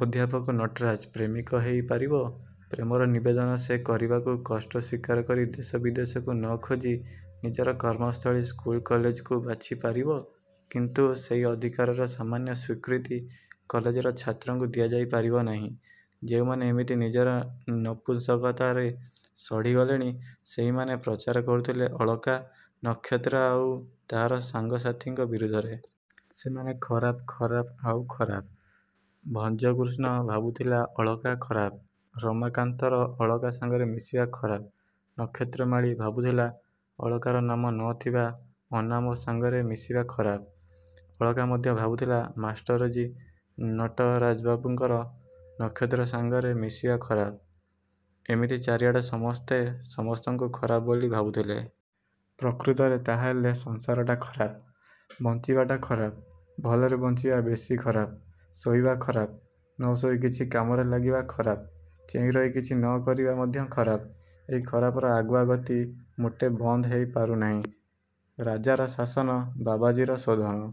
ଅଧ୍ୟାପକ ନଟରାଜ ପ୍ରେମିକ ହେଇ ପାରିବ। ପ୍ରେମର ନିବେଦନ ସେ କରିବାକୁ କଷ୍ଟ ସ୍ୱୀକାର କରି ଦେଶ ବିଦେଶକୁ ନ ଖୋଜି ନିଜର କର୍ମସ୍ଥଳୀ ସ୍କୁଲ କଲେଜକୁ ବାଛି ପାରିବ; କିନ୍ତୁ ସେହି ଅଧିକାରର ସାମାନ୍ୟ ସ୍ୱୀକୃତି କଲେଜର ଛାତ୍ରକୁ ଦିଆଯାଇ ପାରିବ ନାହିଁ। ଯେଉଁମାନେ ଏମିତି ନିଜର ନପୁଂସକତାରେ ସଢ଼ି ଗଲେଣି ସେହିମାନେ ପ୍ରଚାର କରୁଥିଲେ ଅଳକା, ନକ୍ଷତ୍ର ଆଉ ତାହାର ସାଙ୍ଗସାଥୀଙ୍କ ବିରୁଦ୍ଧରେ। ସେମାନେ ଖରାପ-ଖରାପ-ଆଉ ଖରାପ। ଭଜକୃଷ୍ଣ ଭାବୁଥିଲା-ଅଳକା ଖରାପ। ରମାକାନ୍ତର ଅଳକା ସାଙ୍ଗରେ ମିଶିବା ଖରାପ-। ନକ୍ଷତ୍ରମାଳୀ ଭାବୁଥିଲା-ଅଳକାର ନାମ ନ ଥିବା ଅନାମ ସାଙ୍ଗରେ ମିଶିବା ଖରାପ-। ଅଳକା ମଧ୍ୟ ଭାବୁଥିଲା-ମାଷ୍ଟରଜୀ ନଟରାଜବାବୁଙ୍କର ନକ୍ଷତ୍ର ସାଙ୍ଗରେ ମିଶିବା ଖରାପ। ଏମିତି ଚାରିଆଡ଼େ ସମସ୍ତେ ସମସ୍ତଙ୍କୁ ଖରାପ ବୋଲି ଭାବୁଥିଲେ। ପ୍ରକୃତରେ ତାହାହେଲେ ସଂସାରଟା ଖରାପ-ବଞ୍ଚିବାଟା ଖରାପ। ଭଲରେ ବଞ୍ଚିବା ବେଶି ଖରାପ। ଶୋଇବା ଖରାପ-ନ ଶୋଇ କିଛି କାମରେ ଲାଗିବା ଖରାପ। ଚେଇଁରହି କିଛି ନ କରିବା ମଧ୍ୟ ଖରାପ। ଏହି ଖରାପର ଆଗୁଆ ଗତି ମୋଟେ ବନ୍ଦ ହେଇ ପାରୁନାହିଁ। ରାଜାର ଶାସନ, ବାବାଜୀର ଶୋଧନ,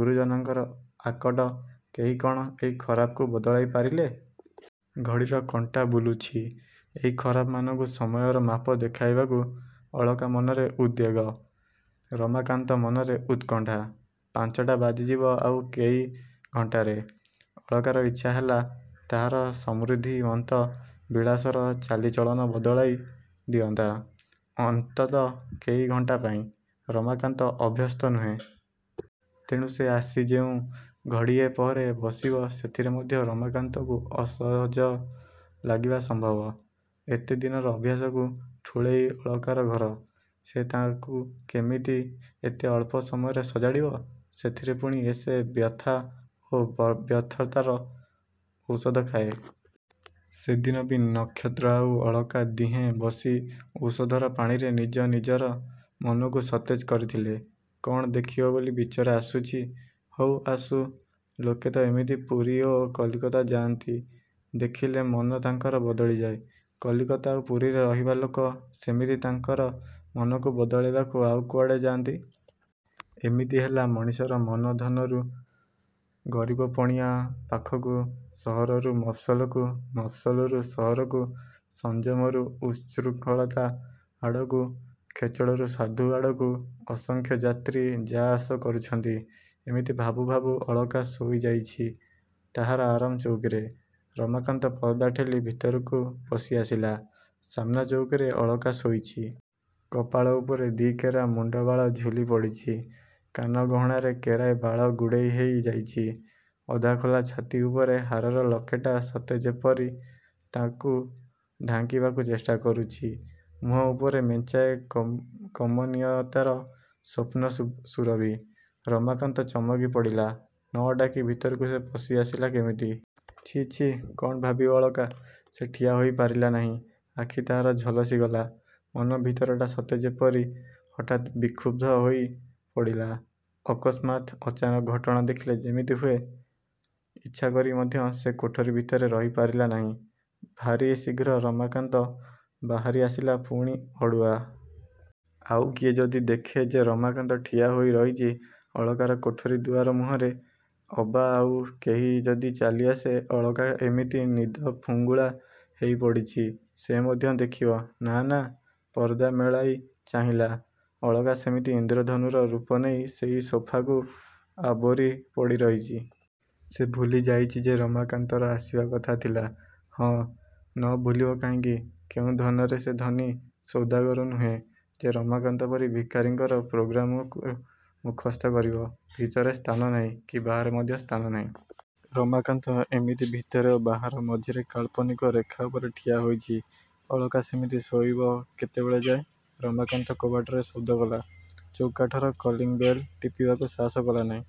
ଗୁରୁଜନଙ୍କର ଆକଟ-କେହି କ'ଣ ଏଇ ଖରାପକୁ ବଦଳାଇ ପାରିଲେ? ଘଡ଼ିର କଣ୍ଟା ବୁଲୁଛି ଏହି ଖରାପମାନଙ୍କୁ ସମୟର ମାପ ଦେଖାଇବାକୁ। -ଅଳକା ମନରେ ଉଦ୍ବେଗ। -ରମାକାନ୍ତ ମନରେ ଉତ୍କଣ୍ଠା। ପାଞ୍ଚଟା ବାଜିଯିବ ଆଉ କେଇ ଘଣ୍ଟାରେ। ଅଳକାର ଇଚ୍ଛା ହେଲା ତାହାର ସମୃଦ୍ଧିମନ୍ତ ବିଳାସର ଚାଲିଚଳନ ବଦଳାଇ ଦିଅନ୍ତା-ଅନ୍ତତଃ କେଇ ଘଣ୍ଟା ପାଇଁ। ରମାକାନ୍ତ ଅଭ୍ୟସ୍ତ ନୁହେଁ। ତେଣୁ ସେ ଆସି ଯେଉଁ ଘଡ଼ିଏ ପହରେ ବସିବ ସେଥିରେ ମଧ୍ୟ ରମାକାନ୍ତକୁ ଅସଜ ଲାଗିବା ସମ୍ଭବ। ଏତେ ଦିନର ଅଭ୍ୟାସକୁ ଠୁଳେଇ ଅଳକାର ଘର। ସେ ତା'କୁ କେମିତି ଏତେ ଅଳ୍ପ ସମୟରେ ସଜାଡ଼ିବ? ସେଥିରେ ପୁଣି ସେ ବ୍ୟଥା ଓ ବ୍ୟର୍ଥତାର ଔଷଧ ଖାଏ। ସେଦିନ ବି ନକ୍ଷତ୍ର ଆଉ ଅଳକା ଦିହେଁ ବସି ଔଷଧର ପାଣିରେ ନିଜ ନିଜର ମନକୁ ସତେଜ କରିଥିଲେ। -କ'ଣ ଦେଖିବ ବୋଲି ବିଚରା ଆସୁଛି? -ହଉ, ଆସୁ। ଲୋକେ ତ ଏମିତି ପୁରୀ ଓ କଲିକତା ଯାଆନ୍ତି-ଦେଖିଲେ ମନ ତାଙ୍କର ବଦଳିଯାଏ। କଲିକତା ଆଉ ପୁରୀରେ ରହିବା ଲୋକ ସେମିତି ତାଙ୍କର ମନକୁ ବଦଳାଇବାକୁ ଆଉ କୁଆଡ଼େ ଯାଆନ୍ତି। ଏମିତି ହେଲା ମଣିଷର ମନ-ଧନରୁ ଗରିବ ପଣିଆ ପାଖକୁ-ସହରରୁ ମଫସଲକୁ-ମଫସଲରୁ ସହରକୁ-ସଂଯମରୁ ଉତ୍ସୃଙ୍ଖଳତା ଆଡ଼କୁ-ଖେଚଡ଼ରୁ ସାଧୁ ଆଡ଼କୁ-ଅସଂଖ୍ୟ ଯାତ୍ରୀ ଯା ଆସ କରୁଛନ୍ତି। ଏମିତି ଭାବୁ ଭାବୁ ଅଳକା ଶୋଇ ଯାଇଛି ତାହାର ଆରାମ ଚଉକୀରେ। ରମାକାନ୍ତ ପରଦା ଠେଲି ଭିତରକୁ ପଶି ଆସିଲା। ସାମନା ଚଉକୀରେ ଅଳକା ଶୋଇଛି। କପାଳ ଉପରେ ଦି'କେରା ମୁଣ୍ଡବାଳ ଝୁଲି ପଡ଼ିଛି। କାନ ଗହଣାରେ କେରାଏ ବାଳ ଗୁଡ଼େଇ ହେଇ ଯାଇଛି। ଅଧା ଖୋଲା ଛାତି ଉପରେ ହାରର ଲକେଟ୍ଟା ସତେ ଯେପରି ତାକୁ ଢାଙ୍କିବାକୁ ଚେଷ୍ଟା କରୁଛି। ମୁଁହ ଉପରେ ମେଞ୍ଚାଏ କମନୀୟତାର ସ୍ୱପ୍ନ-ସୁରଭି। ରମାକାନ୍ତ ଚମକି ପଡ଼ିଲା-ନ ଡାକି ଭିତରକୁ ସେ ପଶି ଆସିଲା କେମିତି? -ଛି, ଛି-କ'ଣ ଭାବିବ ଅଳକା? ସେ ଠିଆ ହୋଇ ପାରିଲା ନାହିଁ। ଆଖି ତାହାର ଝଲସିଗଲା। ମନ ଭିତରଟା ସତେ ଯେପରି ହଠାତ୍ ବିକ୍ଷୁବ୍ଧ ହୋଇ ପଡ଼ିଲା-ଅକସ୍ମାତ୍ ଅଚାନକ ଘଟଣା ଦେଖିଲେ ଯେମିତି ହୁଏ। ଇଚ୍ଛାକରି ମଧ୍ୟ ସେ କୋଠରୀ ଭିତରେ ରହିପାରିଲା ନାହିଁ। ଭାରି ଶୀଘ୍ର ରମାକାନ୍ତ ବାହାରି ଆସିଲା-ପୁଣି ଅଡ଼ୁଆ। ଆଉ କିଏ ଯଦି ଦେଖେ ଯେ ରମାକାନ୍ତ ଠିଆ ହୋଇ ରହିଛି ଅଳକାର କୋଠରୀ ଦୁଆର ମୁହଁରେ। ଅବା ଆଉ କେହି ଯଦି ଚାଲିଆସେ-ଅଳକା ଏମିତି ନିଦ-ଫୁଙ୍ଗୁଳା ହେଇ ପଡ଼ିଛି-ସେ ମଧ୍ୟ ଦେଖିବ? -ନା-ନା। ପରଦା ମେଳାଇ ଚାହିଁଲା। ଅଳକା ସେମିତି ଇନ୍ଦ୍ରଧନୁର ରୂପ ନେଇ ସେଇ ସୋଫାକୁ ଆବୋରି ପଡ଼ି ରହିଛି। ସେ ଭୁଲି ଯାଇଛି ଯେ ରମାକାନ୍ତର ଆସିବା କଥା ଥିଲା ହଁ, ନ ଭୁଲିବ କାହିଁକି? କେଉଁ ଧନରେ ସେ ଧନୀ ସୌଦାଗର ନୁହେଁ ଯେ ରମାକାନ୍ତ ପରି ଭିକାରୀଙ୍କର ପ୍ରୋଗାମକୁ ମୁଖସ୍ଥ କରିବ? ଭିତରେ ସ୍ଥାନ ନାହିଁ। କି ବାହାରେ ମଧ୍ୟ ସ୍ଥାନ ନାହିଁ। ରମାକାନ୍ତ ଏମିତି ଭିତରେ ଓ ବାହାର ମଝିରେ କାଳ୍ପନିକ ରେଖା ଉପରେ ଠିଆ ହୋଇଛି। ଅଳକା ସେମିତି ଶୋଇବ କେତେବେଳ ଯାଏ? ରମାକାନ୍ତ କବାଟରେ ଶବ୍ଦ କଲା। ଚୌକାଠର କଲିଙ୍ଗ୍ ବେଲ୍ ଟିପିବାକୁ ସାହସ କଲା ନାହିଁ।